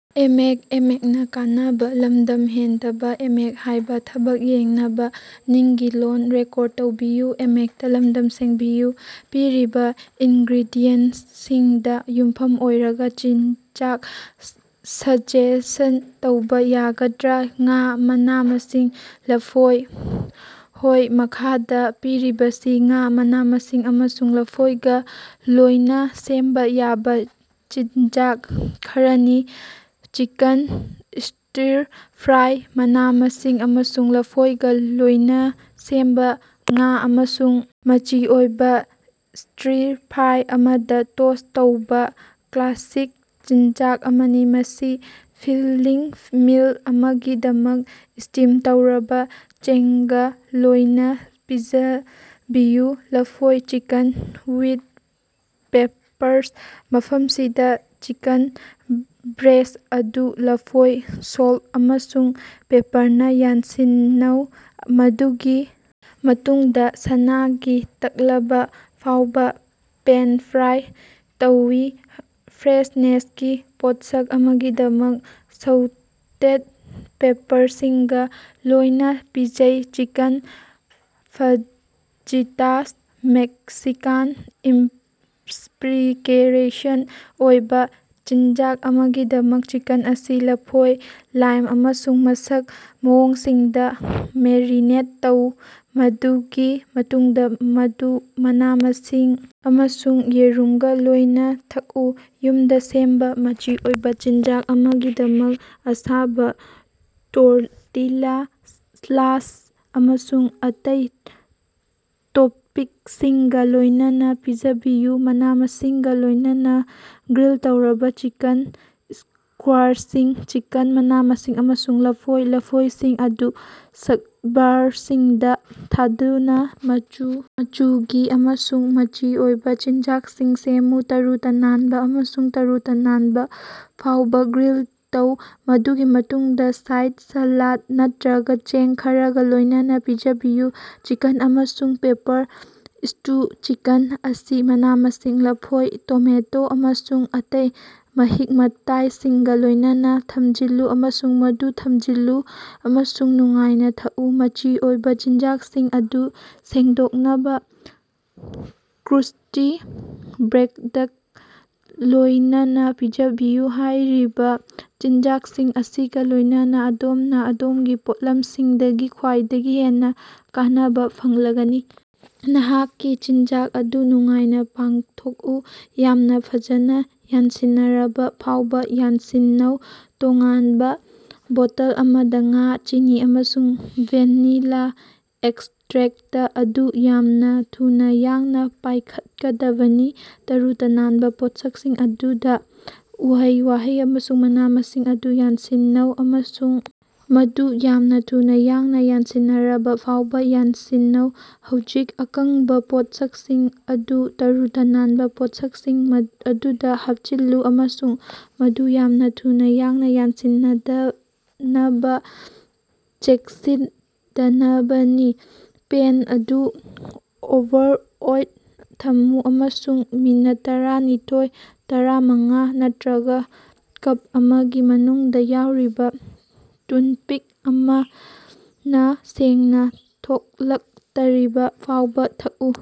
ꯄꯤꯔꯤꯕꯥ ꯏꯟꯒ꯭ꯔꯤꯗꯤꯌꯦꯟꯇꯁꯤꯡꯗꯥ ꯌꯨꯝꯐꯝ ꯑꯣꯏꯔꯒꯥ ꯆꯤꯠꯖꯥꯡ ꯁꯖꯦꯁ꯭ꯟ ꯇꯧꯕꯥ ꯌꯥꯒꯗ꯭ꯔꯥ? ꯉꯥ, ꯃꯅꯥ-ꯃꯁꯤꯡ, ꯂꯐꯣꯏ꯫ ꯍꯣꯏ! ꯃꯈꯥꯗꯥ ꯄꯤꯔꯤꯕꯁꯤ ꯉꯥ, ꯃꯅꯥ-ꯃꯁꯤꯡ ꯑꯃꯁꯨꯡ ꯂꯐꯣꯏꯒꯥ ꯂꯣꯌꯏꯅꯥ ꯁꯦꯝꯕꯥ ꯌꯥꯕꯥ ꯆꯤꯠꯖꯥꯡ ꯈꯔꯅꯤ: ꯆꯤꯀꯟ ꯁ꯭ꯇꯤꯔ ꯐ꯭ꯔꯥꯏ: ꯃꯅꯥ-ꯃꯁꯤꯡ ꯑꯃꯁꯨꯡ ꯂꯐꯣꯏꯒꯥ ꯂꯣꯌꯏꯅꯥ ꯁꯦꯝꯕꯥ ꯉꯥ, ꯑꯃꯁꯨꯡ ꯃꯆꯤ ꯑꯣꯏꯕꯥ ꯁ꯭ꯇꯤꯔ ꯐ꯭ꯔꯥꯏ ꯑꯃꯗꯥ ꯇꯣꯁ ꯇꯧꯕꯥ ꯀ꯭ꯂꯥꯁꯤꯛ ꯆꯤꯠꯖꯥꯡ ꯑꯃꯅꯤ꯫ ꯃꯁꯤ ꯐꯤꯜꯂꯤꯡ ꯃꯤꯜ ꯑꯃꯒꯤꯗꯃꯛ ꯁ꯭ꯇꯤꯝ ꯇꯧꯔꯕꯥ ꯆꯦꯡꯒꯥ ꯂꯣꯌꯏꯅꯥ ꯄꯤꯖꯕꯤꯌꯨ꯫ ꯂꯐꯣꯏ ꯆꯤꯀꯟ ꯋꯤꯠ ꯄꯦꯄꯔꯁ: ꯃꯐꯝꯁꯤꯗꯥ, ꯆꯤꯀꯟ ꯕ꯭ꯔꯦꯁ꯭ꯠ ꯑꯗꯨ ꯂꯐꯣꯏ, ꯁꯣꯜꯇ ꯑꯃꯁꯨꯡ ꯄꯦꯄꯔꯅꯥ ꯌꯥꯟꯁꯤꯟꯅꯩ, ꯃꯗꯨꯒꯤ ꯃꯇꯨꯡꯗꯥ ꯁꯅꯥꯒꯤ ꯇꯛꯂꯕꯥ ꯐꯥꯎꯕꯥ ꯄꯦꯟ-ꯐ꯭ꯔꯥꯏ ꯇꯧꯏ꯫ ꯐ꯭ꯔꯦꯁꯅꯦꯁꯀꯤ ꯄꯣꯠꯁꯛ ꯑꯃꯒꯤꯗꯃꯛ ꯁꯧꯇꯦꯗ ꯄꯦꯄꯔꯁꯤꯡꯒꯥ ꯂꯣꯌꯏꯅꯥ ꯄꯤꯖꯩ꯫ ꯆꯤꯀꯟ ꯐꯥꯖꯤꯇꯥꯁ: ꯃꯦꯛꯁꯤꯀꯥꯟ ꯏꯝꯁ꯭ꯄꯤꯔꯦꯁꯟ ꯑꯣꯏꯕꯥ ꯆꯤꯠꯖꯥꯡ ꯑꯃꯒꯤꯗꯃꯛ, ꯆꯤꯀꯟ ꯑꯁꯤ ꯂꯐꯣꯏ, ꯂꯥꯏꯝ ꯑꯃꯁꯨꯡ ꯃꯁꯛ ꯃꯑꯣꯡꯁꯤꯡꯗꯥ ꯃꯦꯔꯤꯅꯦꯠ ꯇꯧ, ꯃꯗꯨꯒꯤ ꯃꯇꯨꯡꯗꯥ ꯃꯗꯨ ꯃꯅꯥ-ꯃꯁꯤꯡ ꯑꯃꯁꯨꯡ ꯌꯦꯔꯨꯝꯒꯥ ꯂꯣꯌꯏꯅꯥ ꯊꯛꯎ꯫ ꯌꯨꯝꯗꯥ ꯁꯦꯝꯕꯥ ꯃꯆꯤ ꯑꯣꯏꯕꯥ ꯆꯤꯟꯖꯥꯛ ꯑꯃꯒꯤꯗꯃꯛ ꯑꯁꯥꯕꯥ ꯇꯣꯔꯇꯤꯂꯥ, ꯁꯥꯂꯁꯥ ꯑꯃꯁꯨꯡ ꯑꯇꯩ ꯇꯣꯄꯤꯡꯁꯤꯡꯒꯥ ꯂꯣꯏꯅꯅꯥ ꯄꯤꯖꯕꯤꯌꯨ꯫ ꯃꯅꯥ-ꯃꯁꯤꯡꯒꯥ ꯂꯣꯏꯅꯅꯥ ꯒ꯭ꯔꯤꯜ ꯇꯧꯔꯕꯥ ꯆꯤꯀꯟ ꯁ꯭ꯀꯨꯌꯥꯔꯁꯤꯡ: ꯆꯤꯀꯟ, ꯃꯅꯥ-ꯃꯁꯤꯡ ꯑꯃꯁꯨꯡ ꯂꯐꯣꯏ ꯂꯐꯣꯏꯁꯤꯡ ꯑꯗꯨ ꯁ꯭ꯛꯕ꯭ꯌꯥꯔꯁꯤꯡꯗꯥ ꯊꯥꯗꯨꯅꯥ ꯃꯆꯨ ꯃꯆꯨꯒꯤ ꯑꯃꯁꯨꯡ ꯃꯆꯤ ꯑꯣꯏꯕꯥ ꯆꯤꯟꯖꯥꯛꯁꯤꯡ ꯁꯦꯝꯃꯨ꯫ ꯇꯔꯨ-ꯇꯅꯥꯟꯕꯥ ꯑꯃꯁꯨꯡ ꯇꯔꯨ-ꯇꯅꯥꯟꯕꯥ ꯐꯥꯎꯕꯥ ꯒ꯭ꯔꯤꯜ ꯇꯧ, ꯃꯗꯨꯒꯤ ꯃꯇꯨꯡꯗꯥ ꯁꯥꯏꯗ ꯁꯥꯂꯥꯗ ꯅꯠꯇꯔꯒꯥ ꯆꯦꯡ ꯈꯔꯒꯥ ꯂꯣꯏꯅꯅꯥ ꯄꯤꯖꯕꯤꯌꯨ꯫ ꯆꯤꯀꯟ ꯑꯃꯁꯨꯡ ꯄꯦꯄꯔ ꯁ꯭ꯇꯨ: ꯆꯤꯀꯟ ꯑꯁꯤ ꯃꯅꯥ-ꯃꯁꯤꯡ, ꯂꯐꯣꯏ, ꯇꯣꯃꯦꯇꯣ, ꯑꯃꯁꯨꯡ ꯑꯇꯩ ꯃꯍꯤꯛ-ꯃꯇꯥꯏꯁꯤꯡꯒꯥ ꯂꯣꯏꯅꯅꯥ ꯊꯝꯖꯤꯜꯂꯨ ꯑꯃꯁꯨꯡ ꯃꯗꯨ ꯊꯝꯖꯤꯜꯂꯨ ꯑꯃꯁꯨꯡ ꯅꯨꯡꯉꯥꯏꯅꯥ ꯊꯛꯎ꯫ ꯃꯆꯤ ꯑꯣꯏꯕꯥ ꯆꯤꯟꯖꯥꯛꯁꯤꯡ ꯑꯗꯨ ꯁꯦꯡꯗꯣꯛꯅꯕꯥ ꯀ꯭ꯔꯨꯁ꯭ꯇꯤ ꯕ꯭ꯔꯦꯗꯀꯥ ꯂꯣꯌꯅꯅꯥ ꯄꯤꯖꯕꯤꯌꯨ꯫ ꯍꯥꯌꯔꯤꯕꯥ ꯆꯤꯠꯖꯥꯡꯁꯤꯡ ꯑꯁꯤꯒꯥ ꯂꯣꯏꯅꯅꯥ ꯑꯗꯣꯝꯅꯥ ꯑꯗꯣꯝꯒꯤ ꯄꯣꯠꯂꯝꯁꯤꯡꯗꯒꯤ ꯈ꯭ꯋꯥꯏꯗꯒꯤ ꯍꯦꯟꯅꯥ ꯀꯥꯟꯅꯕꯥ ꯐꯪꯂꯒꯅꯤ! ꯅꯍꯥꯛꯀꯤ ꯆꯤꯠꯖꯥꯛ ꯑꯗꯨ ꯅꯨꯡꯉꯥꯏꯅꯥ ꯄꯥꯡꯊꯣꯛꯎ! ꯫ ꯌꯥꯝꯅꯥ ꯐꯖꯅꯥ ꯌꯥꯟꯁꯤꯟꯅꯔꯕꯥ ꯐꯥꯎꯕꯥ ꯌꯥꯟꯁꯤꯟꯅꯧ꯫ ꯇꯣꯉꯥꯟꯕꯥ ꯕꯣꯇꯜ ꯑꯃꯗꯥ ꯉꯥ, ꯆꯤꯅꯤ ꯑꯃꯁꯨꯡ ꯚꯦꯅꯤꯂꯥ ꯑꯦꯛꯁꯇ꯭ꯔꯦꯛꯇ ꯑꯗꯨ ꯌꯥꯝꯅꯥ ꯊꯨꯅꯥ ꯌꯥꯡꯅꯥ ꯄꯥꯏꯈꯠꯀꯗꯕꯅꯤ꯫ ꯇꯔꯨ-ꯇꯅꯥꯟꯕꯥ ꯄꯣꯠꯁꯛꯁꯤꯡ ꯑꯗꯨꯗꯥ ꯎꯍꯩ-ꯋꯥꯍꯩ ꯑꯃꯁꯨꯡ ꯃꯅꯥ-ꯃꯁꯤꯡ ꯑꯗꯨ ꯌꯥꯟꯁꯤꯟꯅꯧ ꯑꯃꯁꯨꯡ ꯃꯗꯨ ꯌꯥꯝꯅꯥ ꯊꯨꯅꯥ ꯌꯥꯡꯅꯥ ꯌꯥꯟꯁꯤꯟꯅꯔꯕꯥ ꯐꯥꯎꯕꯥ ꯌꯥꯟꯁꯤꯟꯅꯧ꯫ ꯍꯧꯖꯤꯛ, ꯑꯀꯪꯕꯥ ꯄꯣꯠꯁꯛꯁꯤꯡ ꯑꯗꯨ ꯇꯔꯨ-ꯇꯅꯥꯟꯕꯥ ꯄꯣꯠꯁꯛꯁꯤꯡ ꯑꯗꯨꯗꯥ ꯍꯥꯞꯆꯤꯜꯂꯨ, ꯑꯃꯁꯨꯡ ꯃꯗꯨ ꯌꯥꯝꯅꯥ ꯊꯨꯅꯥ ꯌꯥꯡꯅꯥ ꯌꯥꯟꯁꯤꯟꯅꯗꯅꯕꯥ ꯆꯦꯛꯁꯤꯠꯗꯕꯅꯤ꯫ ꯄꯦꯟ ꯑꯗꯨ ꯑꯣꯚꯔꯑꯣꯂꯗꯥ ꯊꯝꯃꯨ ꯑꯃꯁꯨꯡ ꯃꯤꯅꯠꯇꯔꯥꯅꯤꯊ‌ꯣꯏ- ꯇꯔꯥꯃꯉꯥ ꯅꯠꯇꯔꯒꯥ ꯀꯞ ꯑꯃꯒꯤ ꯃꯅꯨꯡꯗꯥ ꯌꯥꯎꯔꯤꯕꯥ ꯇꯨꯟꯄꯤꯛ ꯑꯃꯅꯥ ꯁꯦꯡꯅꯥ ꯊꯣꯛꯂꯛꯇꯔꯤꯕ ꯐꯥꯎꯕꯥ ꯊꯛꯎ꯫